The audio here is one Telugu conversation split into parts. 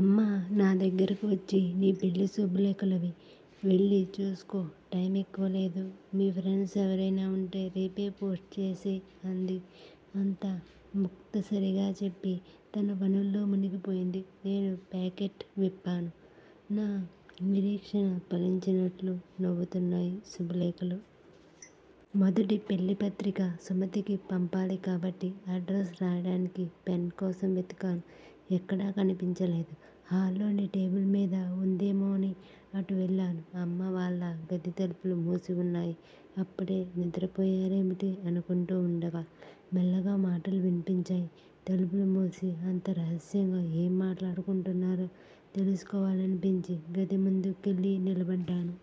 అమ్మ నా దగ్గరకు వచ్చి నీ పెళ్ళి శుభలేఖలు అవి వెళ్ళి చూసుకో టైమ్ ఎక్కువ లేదు. మీ ఫ్రెండ్స్ ఎవరైనా వుంటే రేపే పోస్ట్ చేసెయ్ అంది. అంతా ముక్తసరిగా చెప్పి తన పనుల్లో మునిగిపోయింది. నేను ప్యాకెట్ విప్పాను నా నిరీక్షణ ఫలించినట్లు నవ్వుతున్నాయి శుభలేఖలు. మొదటి పెళ్ళిపత్రిక సుమతికి పంపాలి కాబట్టి అడ్రస్ రాయడానికి పెన్ కోసం వెదికాను ఎక్కడా కనిపించలేదు. హాల్లోని టేబుల్ మీద వుందేమోనని అటు వెళ్ళాను. అమ్మా వాళ్ళ గది తలుపులు మూసి వున్నాయి. అప్పుడే నిద్రపోయారేమిటి అనుకుంటూ వుండగా మెల్లగా మాటలు విన్పించాయి. తలుపులు మూసి అంత రహస్యంగా ఏం మాట్లాడుకుంటున్నారో తెలుసుకోవాలనిపించి గది ముందు కెళ్ళి నిలబడ్డాను.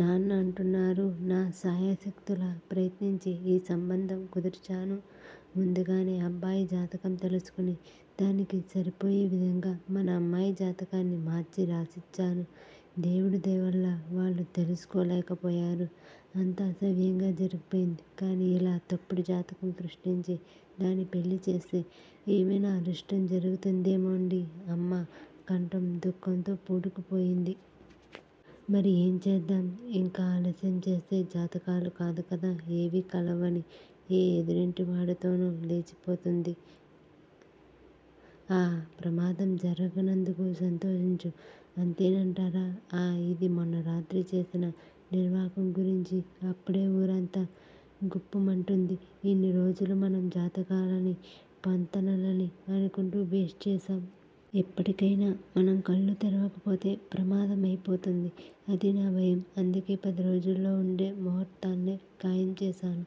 నాన్న అంటున్నారు- నా శాయశక్తులా ప్రయత్నించి ఈ సంబంధం కుదిర్చాను. ముందుగానే అబ్బాయి జాతకం తెలుసుకుని, దానికి సరిపోయే విధంగా మన అమ్మాయి జాతకాన్ని మార్చి రాసిచ్చాను. దేవుడి దయవల్ల వాళ్ళు తెలుసుకోలేకపోయారు. అంతా సవ్యంగా జరిగిపోయింది. కానీ ఇలా తప్పుడు జాతకం సృష్టించి దాని పెళ్ళి చేస్తే ఏమైనా అరిష్టం జరుగుతుందేమోనండీ అమ్మ కంఠం దుఃఖంతో పూడుకుపోయింది. మరి ఏం చేద్దాం? ఇంకా ఆలస్యం చేస్తే జాతకాలు కాదు కదా ఏవీ కలవని ఏ ఎదురింటివాడితోనో లేచిపోతుంది. ఆ ప్రమాదం జరగనందుకు సంతోషించు. అంతేనంటారా? ఆఁ ఇది మొన్న రాత్రి చేసిన నిర్వాకం గురించి అప్పుడే ఊరంతా గుప్పుమంటోంది. ఇన్ని రోజులూ మనం జాతకాలనీ, పొంతనలనీ అనుకుంటూ వేస్ట్ చేశాం. ఇప్పటికయినా మనం కళ్ళు తెరవక పోతే ప్రమాదం అయిపోతుంది. అదీ నా భయం. అందుకే పదిరోజుల్లో వుండే ముహూర్తాన్నే ఖాయం చేశాను.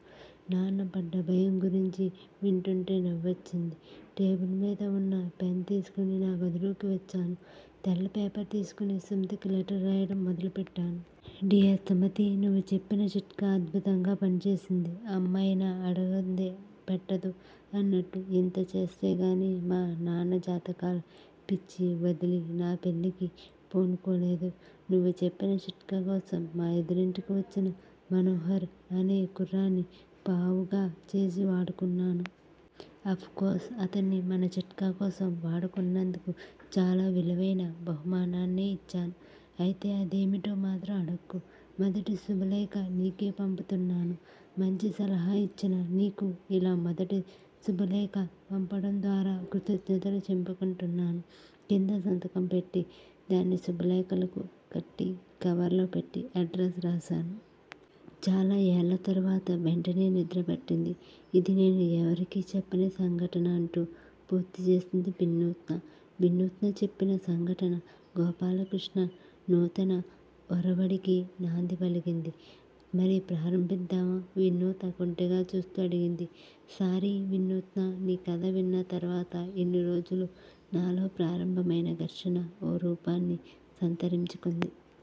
నాన్న పడ్డ భయం గురించి వింటుంటే నవ్వొచ్చింది. టేబుల్ మీద వున్న పెన్ తీసుకుని నా గదిలోకి వచ్చాను. తెల్ల పేపర్ తీసుకుని సుమతికి లెటర్ రాయడం మొదలుపెట్టాను. డియర్ సుమతీ! నువ్వు చెప్పిన చిట్కా అద్బుతంగా పనిచేసింది. అమ్మ అయినా అడగందే పెట్టదు అన్నట్లు ఇంత చేస్తేగానీ మా నాన్న జాతకాల పిచ్చి వదిలి నా పెళ్ళికి పూనుకోలేదు. నువ్వు చెప్పిన చిట్కా కోసం మా ఎదురింటికి వచ్చిన మనోహర్ అనే కుర్రాడ్ని పావుగా చేసి వాడుకున్నాను. అఫ్ కోర్స్ అతన్ని మన చిట్కా కోసం వాడుకున్నందుకు చాలా విలువైన బహుమానాన్నే ఇచ్చాను. అయితే అదేమిటో మాత్రం అడక్కు. మొదటి శుభలేఖ నీకే పంపుతున్నాను. మంచి సలహా ఇచ్చిన నీకు ఇలా మొదటి శుభలేఖ పంపడం ద్వారా కృతజ్ఞతలు చెప్పుకుంటున్నాను. కింద సంతకం పెట్టి దాన్ని శుభలేఖలకు కుట్టి, కవర్ లో పెట్టి అడ్రస్ రాశాను. చాలా ఏళ్ల తరువాత వెంటనే నిద్ర పట్టింది. ఇది నేను ఎవరికీ చెప్పని సంఘటన అంటూ పూర్తి చేసింది వినూత్న. వినూత్న చెప్పిన సంఘటన గోపాలకృష్ణ నూతన ఒరవడికి నాంది పలికింది. మరి ప్రారంభిద్దామా? వినూత్న కొంటెగా చూస్తూ అడిగింది. సారీ వినూత్నా! నీ కథ విన్న తర్వాత ఇన్ని రోజులూ నాలో ప్రారంభమైన ఘర్షణ ఓ రూపాన్ని సంతరించుకుంది.